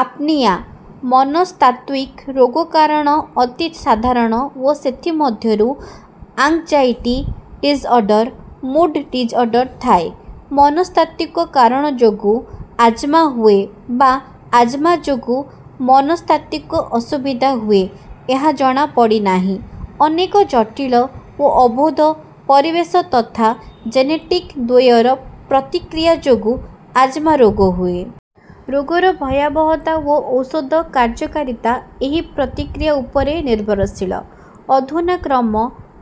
Apnoea. ମନସ୍ତାତ୍ୱିକ ରୋଗ କାରଣ ଅତି ସାଧାରଣ ଓ ସେଥି ମଧ୍ୟରୁ ଆଙ୍ଗଜାଇଟି ଡିଜ୍ଅର୍ଡର, ମୁଡ ଡିଜ୍ଅର୍ଡର ଥାଏ। ମନସ୍ତାତ୍ୱିକ କାରଣ ଯୋଗୁ ଆଜ୍ମା ହୁଏ ବା ଆଜ୍ମା ଯୋଗୁ ମନସ୍ତାତ୍ୱିକ ଅସୁବିଧା ହୁଏ, ଏହା ଜଣା ପଡ଼ିନାହିଁ। ଅନେକ ଜଟୀଳ ଓ ଅବୋଧ୍ୟ 'ପରିବେଶ ତଥା ଜେନେଟିକ ଦ୍ୱୟର ପ୍ରତିକ୍ରିୟା' ଯୋଗୁ ଆଜ୍ମା ରୋଗ ହୁଏ। ରୋଗର ଭୟାବହତା ଓ ଔଷଧ କାର୍ଯ୍ୟକାରୀତା ଏହି ପ୍ରତିକ୍ରିୟା ଉପରେ ନିର୍ଭରଶୀଳ। ଅଧୁନା କ୍ରମ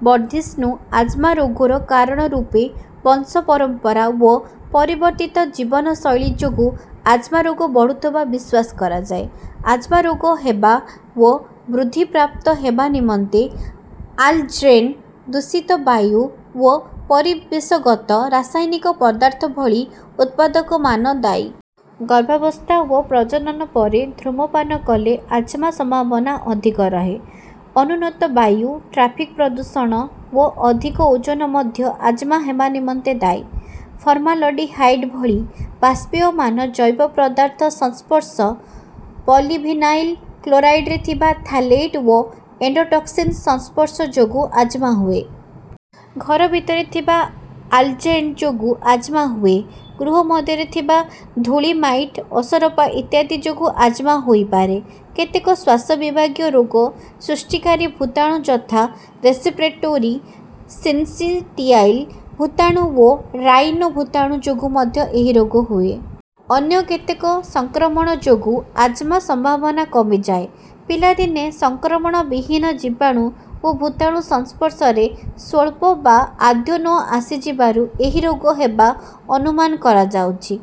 ବର୍ଦ୍ଧିଷ୍ଣ୍ଣୁ ଆଜ୍ମା ରୋଗର କାରଣ ରୂପେ ବଂଶ ପରମ୍ପରା ଓ ପରିବର୍ତ୍ତୀତ ଜୀବନ ଶୈଳୀ ଯୋଗୁ ଆଜ୍ମା ରୋଗ ବଢୁଥିବା ବିଶ୍ୱାସ କରାଯାଏ। ଆଜ୍ମା ରୋଗ ହେବା ଓ ବୃଦ୍ଧି ପ୍ରାପ୍ତ ହେବା ନିମନ୍ତେ ଆଲର୍ଜେନ୍, ଦୂଷିତ ବାୟୁ ଓ ପରିବେଶଗତ ରାସାୟନିକ ପଦାର୍ଥ ଭଳି ଉର୍ପାଦକମାନ ଦାୟୀ। ଗର୍ଭାବସ୍ଥା ଓ ପ୍ରଜନନ ପରେ ଧୂମ୍ରପାନ କଲେ ଆଜ୍ମା ସମ୍ଭାବନା ଅଧିକ ରହେ। ଅନୁନ୍ନତ ବାୟୁ, ଟ୍ରାଫିକ ପ୍ରଦୂଷଣ ଓ ଅଧିକ ଓଜୋନ ମଧ୍ୟ ଆଜ୍ମା ହେବା ନିମନ୍ତେ ଦାୟୀ। ଫର୍ମାଲଡିହାଇଡ ଭଳି ବାଷ୍ପୀୟମାନ ଜୈବ ପଦାର୍ଥ ସଂସ୍ପର୍ଷ, ପଲିଭିନାଇଲ୍ କ୍ଲୋରାଇଡରେ ଥିବା ଥାଲେଟ ଓ ଏଣ୍ଡୋଟକ୍ସିନ ସଂସ୍ପର୍ଷ ଯୋଗୁ ଆଜ୍ମା ହୁଏ। ଘର ଭିତରେ ଥିବା ଆଲର୍ଜେନ ଯୋଗୁ ଆଜ୍ମା ହୁଏ ଗୃହ ମଧ୍ୟରେ ଥିବା ଧୂଳି ମାଇଟ୍, ଅସରପା ଇତ୍ୟାଦି ଯୋଗୁ ଆଜ୍ମା ହୋଇପାରେ। କେତେକ ଶ୍ୱାସ ବିଭାଗୀୟ ରୋଗ ସୃଷ୍ଟିକାରୀ ଭୁତାଣୁ ଯଥା ରେସ୍ପିରେଟୋରି ସିନ୍ସିଟିଆଲ୍ ଭୁତାଣୁ ଓ ରାଇନୋ ଭୁତାଣ ଯୋଗୁ ମଧ୍ୟ ଏହି ରୋଗ ହୁଏ। ଅନ୍ୟ କେତେକ ସଂକ୍ରମଣ ଯୋଗୁ ଆଜ୍ମା ସମ୍ଭାବନା କମିଯାଏ। ପିଲାଦିନେ ସଂକ୍ରମଣ ବିହୀନ ଜୀବାଣୁ ଓ ଭୁତାଣୁ ସଂସ୍ପର୍ଶରେ ସ୍ୱଳ୍ପ ବା ଆଦୌ ନ ଆସିଯିବାରୁ ଏହି ରୋଗ ହେବା ଅନୁମାନ କରାଯାଉଛି।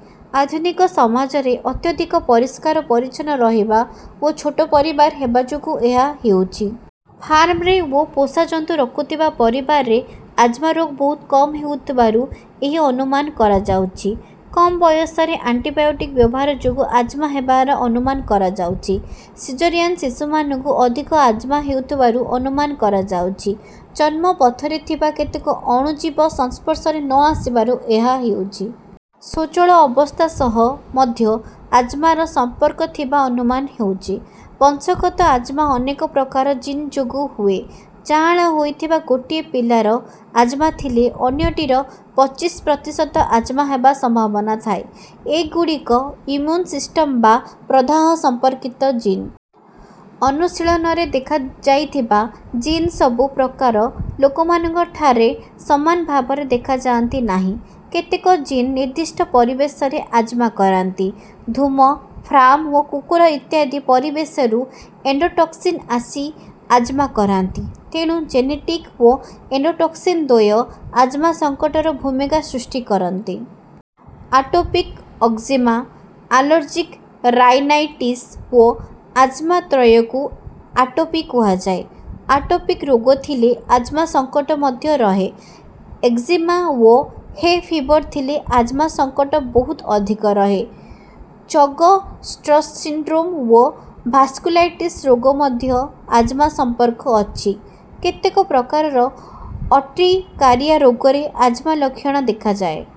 ଆଧୁନିକ ସମାଜରେ ଅତ୍ୟଧିକ ପରିଷ୍କାର ପରିଚ୍ଛନ୍ନ ରହିବା ଓ ଛୋଟ ପରିବାର ହେବା ଯୋଗୁ ଏହା ହେଉଛି। ଫାର୍ମରେ ଓ ପୋଷା ଜନ୍ତୁ ରଖୁଥିବା ପରିବାରରେ ଆଜ୍ମା ରୋଗ ବହୁତ କମ ହେଉଥିବାରୁ ଏହି ଅନୁମାନ କରାଯାଉଚି। କମ ବୟସରେ ଆଣ୍ଟିବାୟୋଟିକ ବ୍ୟବହାର ଯୋଗୁ ଆଜ୍ମା ହେବାର ଅନୁମାନ କରାଯାଉଚି। ସିଜରିଆନ ଶିଶୁମାନଙ୍କୁ ଅଧିକ ଆଜ୍ମା ହେଉଥିବାରୁ ଅନୁମାନ କରାଯାଉଚି। ଜନ୍ମ ପଥରେ ଥିବା କେତେକ ଅଣୁଜୀବ ସଂସ୍ପର୍ଷରେ ନ ଆସିବାରୁ ଏହା ହେଉଚି। ସ୍ୱଚ୍ଛଳ ଅବସ୍ଥା ସହ ମଧ୍ୟ ଆଜ୍ମାର ସଂମ୍ପର୍କ ଥିବା ଅନୁମାନ ହେଉଚି। ବଂଶଗତ ଆଜ୍ମା ଅନେକ ପ୍ରକାର ଜୀନ ଯୋଗୁ ହୁଏ। ଯାଆଁଳା ହୋଇଥିବା ଗୋଟିଏ ପିଲାର ଆଜ୍ମା ଥିଲେ ଅନ୍ୟଟିର ପଚିଶି ପ୍ରତିଶତ ଆଜ୍ମା ହେବା ସମ୍ଭାବନା ଥାଏ। ଏଗୁଡିକ ଇମ୍ମୁନ ସିସ୍ଟମ ବା ପ୍ରଦାହ ସମ୍ପର୍କିତ ଜୀନ। ଅନୁଶୀଳନରେ ଦେଖାଯାଇଥିବା ଜୀନ ସବୁ ପ୍ରକାର ଲୋକମାନଙ୍କଠାରେ ସମାନ ଭାବରେ ଦେଖାଯାଆନ୍ତି ନାହିଁ। କେତେକ ଜୀନ ନିର୍ଦ୍ଦିଷ୍ଟ ପରିବେଶରେ ଆଜ୍ମା କରାନ୍ତି। ଧୂମ, ଫାର୍ମ ଓ କୁକୁର ଇତ୍ୟାଦି ପରିବେଶରୁ ଏଣ୍ଡୋଟକ୍ସିନ ଆସି ଆଜ୍ମା କରାନ୍ତି। ତେଣୁ ଜେନେଟିକ ଓ ଏଣ୍ଡୋଟକ୍ସିନ ଦ୍ୱୟ ଆଜ୍ମା ସଙ୍କଟର ଭୁମିକା ସୃଷ୍ଟି କରନ୍ତି। ଆଟୋପିକ ଏକ୍ଜିମା, ଆଲର୍ଜିକ ରାଇନାଇଟିସ ଓ ଆଜ୍ମା ତ୍ରୟକୁ ଆଟୋପି କୁହାଯାଏ। ଆଟୋପିକ ରୋଗ ଥିଲେ ଆଜ୍ମା ସଙ୍କଟ ଅଧିକ ରହେ। ଏକଜିମା ଓ ହେ ଫିଭର ଥିଲେ ଆଜ୍ମା ସଙ୍କଟ ବହୁତ ଅଧିକ ରହେ। ଚଗ-ସ୍ଟ୍ରସସିଣ୍ଡ୍ରୋମ ଓ ଭାସ୍କୁଲାଇଟିସ ରୋଗ ସହ ମଧ୍ୟ ଆଜ୍ମା ସମ୍ପର୍କ ଅଛି। କେତେକ ପ୍ରକାରାର ଅର୍ଟିକାରିଆ ରୋଗରେ ଆଜ୍ମା ଲକ୍ଷଣ ଦେଖାଯାଏ।